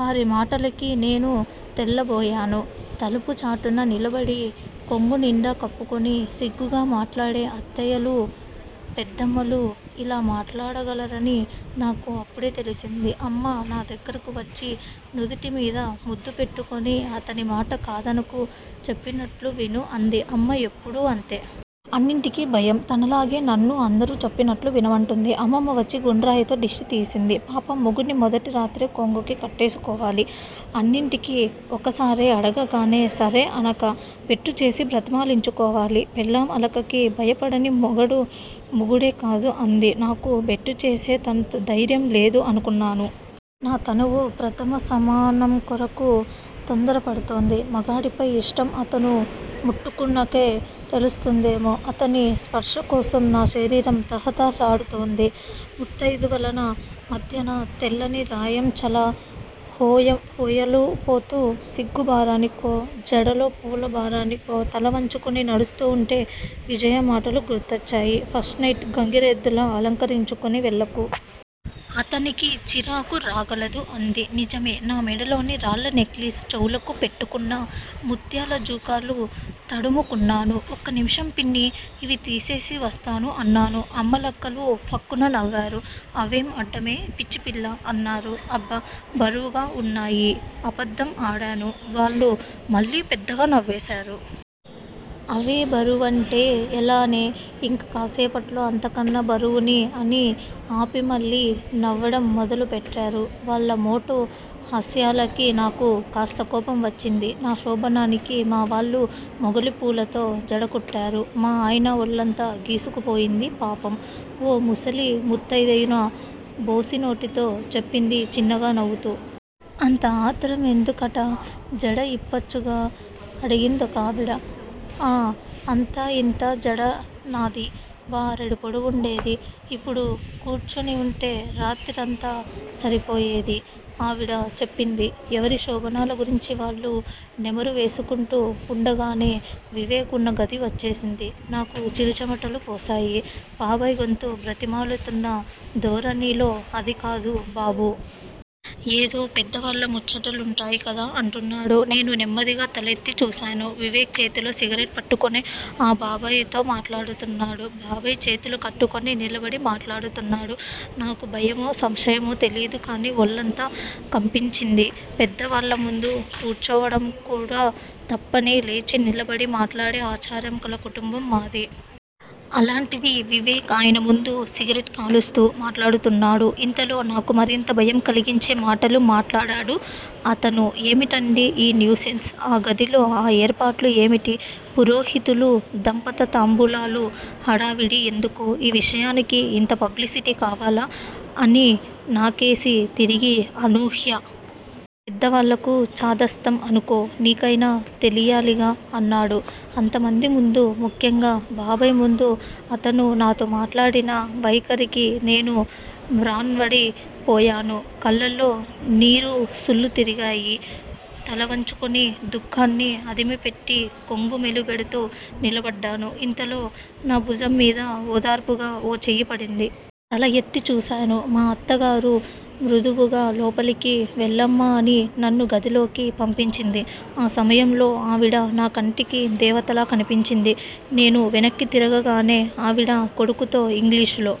వారి మాటలకి నేను తెల్లబోయాను. తలుపు చాటున నిలబడి, కొంగునిండా కప్పుకుని సిగ్గుగా మాట్లాడే అత్తయ్యలూ, పెద్దమ్మలూ ఇలా మాట్లాడగలరని నాకు అప్పడే తెలిసింది. అమ్మ నా దగ్గరికి వచ్చి నుదుటిమీద ముద్దు పెట్టుకుని అతనిమాట కాదనకు చెప్పినట్లు విను అంది. అమ్మ ఎప్పడూ అంతే. అన్నింటికి భయం. తనలాగే నన్నూ అందరు చెప్పినట్లు వినమంటుంది. అమ్మమ్మ వచ్చి గుండ్రాయితో దిష్టి తీసింది. పాపా! మొగుడ్ని మొదటిరాత్రే కొంగుకి కట్టేసుకోవాలి. అన్నింటికి ఒక్క సారే అడగగానే సరే అనక! బెట్టుచేసి బ్రతిమాలించుకోవాలి. పెళ్ళాం అలకకి భయపడని మొగడు మొగుడే కాదు! అంది. 'నాకు బెట్టుచేసేటంత దైర్యం లేదు' అనుకున్నాను. నా తనువు ప్రథమ సమానంకొరకు తొందరపడుతోంది. మగవాడిపై ఇష్టం అతను ముట్టుకున్నకే తెలుస్తుందేమో! అతని స్పర్శకోసం నా శరీరం తహతహలాడుతోంది. ముత్తయిదువల మధ్యన తెల్లని రాయంచలా హోయలుపోతూ సిగ్గు బారానికో, జడలో పూల భారనికో తల వంచుకుని నడుస్తూ వుంటే విజయ మాటలు గుర్తొచ్చాయి. 'ఫస్ట్ నైట్ గంగిరెద్దులా అలకరించుకుని వెళ్ళకు! అతనికి చిరాకు రాగలదు' అంది. నిజమే! నా మెడలోని రాళ్ళ నెక్లెసు చెవులకి పెట్టుకున్న ముత్యాల జూకాలూ తడుముకున్నాను. ఒక్కనిమిషం పిన్ని! ఇవి తీసేసి వస్తాను అన్నాను. అమ్మలక్కలు ఫక్కున నవ్వారు. అవేం అడ్డమే పిచ్చిపిల్లా? అన్నారు. అబ్బ! బరువుగా వున్నాయి అబద్దం ఆడాను. వాళ్ళు మళ్ళీ పెద్దగా నవ్వేశారు. అవేబరువంటే ఎలానే? ఇంక కాసేపట్లో అంతకన్నా బరువుని అని ఆపిమళ్ళీ నవ్వడం మొదలు పెట్టారు. వాళ్ళ మోటు హాస్యాలకి నాకు కాస్త కోపం వచ్చింది. నా శోభనానికి మావాళ్ళు మొగలిపూలతో జడకుట్టారు. మా ఆయన ఒళ్ళంతా గీసుకుపోయింది పాపం! ఓ ముసలి ముత్తయిదున బోసినోటితో చెప్పింది చిన్నగా నవ్వుతూ. అంత ఆత్రమెందుకటా? జడ ఇప్పచ్చుగా? అడిగిందొకావిడ. ఆ అంతా ఇంతా జడ నాది? బారెడు పొడవుండేది ఇప్పుతూ కూర్చునివుంటే రాత్రంతా సరిపోయేది! ఆవిడ చెప్పింది. ఎవరి శోభనాల గురించి వాళ్ళు నెమరు వేసుకుంటూ వుండగానే, వివేక్ వున్న గది వచ్చేసింది. నాకు చిరుచెమటలు పోశాయి. బాబాయ్ గొంతు బ్రతిమాలుతున్న ధోరణిలో అదికాదు బాబూ! ఏదో పెద్దవాళ్ళ ముచ్చటలుంటాయి కదా! అంటున్నాడు. నేను నెమ్మదిగా తలెత్తి చూశాను. వివేక్ చేతిలో సిగరెట్ పట్టుకునే, ఆ బాబాయ్ తో మాట్లాడుతున్నాడు. బాబాయ్ చేతులు కట్టుకుని నిలబడి మాట్లాడుతున్నాడు. నాకు భయమో, సంశయమో తెలీదుకానీ ఒళ్ళంతా కంపించింది పెద్దవాళ్ళ ముందు కూర్చోవడంకూడా తప్పని లేచి నిలబడి మాట్లాడే ఆచారం కళ కుటుంబం మాది! అలాంటిది వివేక్ ఆయనముందు సిగరెట్ కాలుస్తూ మాట్లాడుతున్నాడు! ఇంతలో నాకు మరింత భయం కలిగించే మాటలు మాట్లాడాడు అతను. ఏవిటండి ఈ న్యూసెన్స్? ఆ గదిలో ఆ ఏర్పాట్లు ఏమిటి? పురోహితులూ, దంపత తాంబూలాలూ, హడావిడి ఎందుకూ? ఈ విషయానికి ఇంత పబ్లిసిటి కావాలా? అని నాకేసి తిరిగి- అనూహ్యా! పెద్దవాళ్ళకు చాదస్తం అనుకో నీకైనా తెలియాలిగా! అన్నాడు. అంతమంది ముందు, ముఖ్యంగా బాబాయ్ ముందు అతను నాతో మాట్లాడిన వైఖరికి నేను మ్రాన్వడి పోయాను. కళ్ళల్లో నీరు సుళ్లు తిరిగాయి. తలవంచుకుని దుఃఖాన్ని అదిమిపెట్టి, కొంగు మెలిపెడ్తూ నిలబడ్డాను. ఇంతలో నా భుజంమీద ఓదార్పుగా ఓ చెయ్యి పడింది. తల ఎత్తి చూశాను. మా అత్తగారు మృదువుగా లోపలికి వెళ్ళమా అని నన్ను గదిలోకి పంపించింది. ఆ సమయంలో ఆవిడ నా కంటికి దేవతలా కనిపించింది. నేను వెనక్కి తిరగగానే ఆవిడ కొడుకుతో ఇంగ్లీషులో-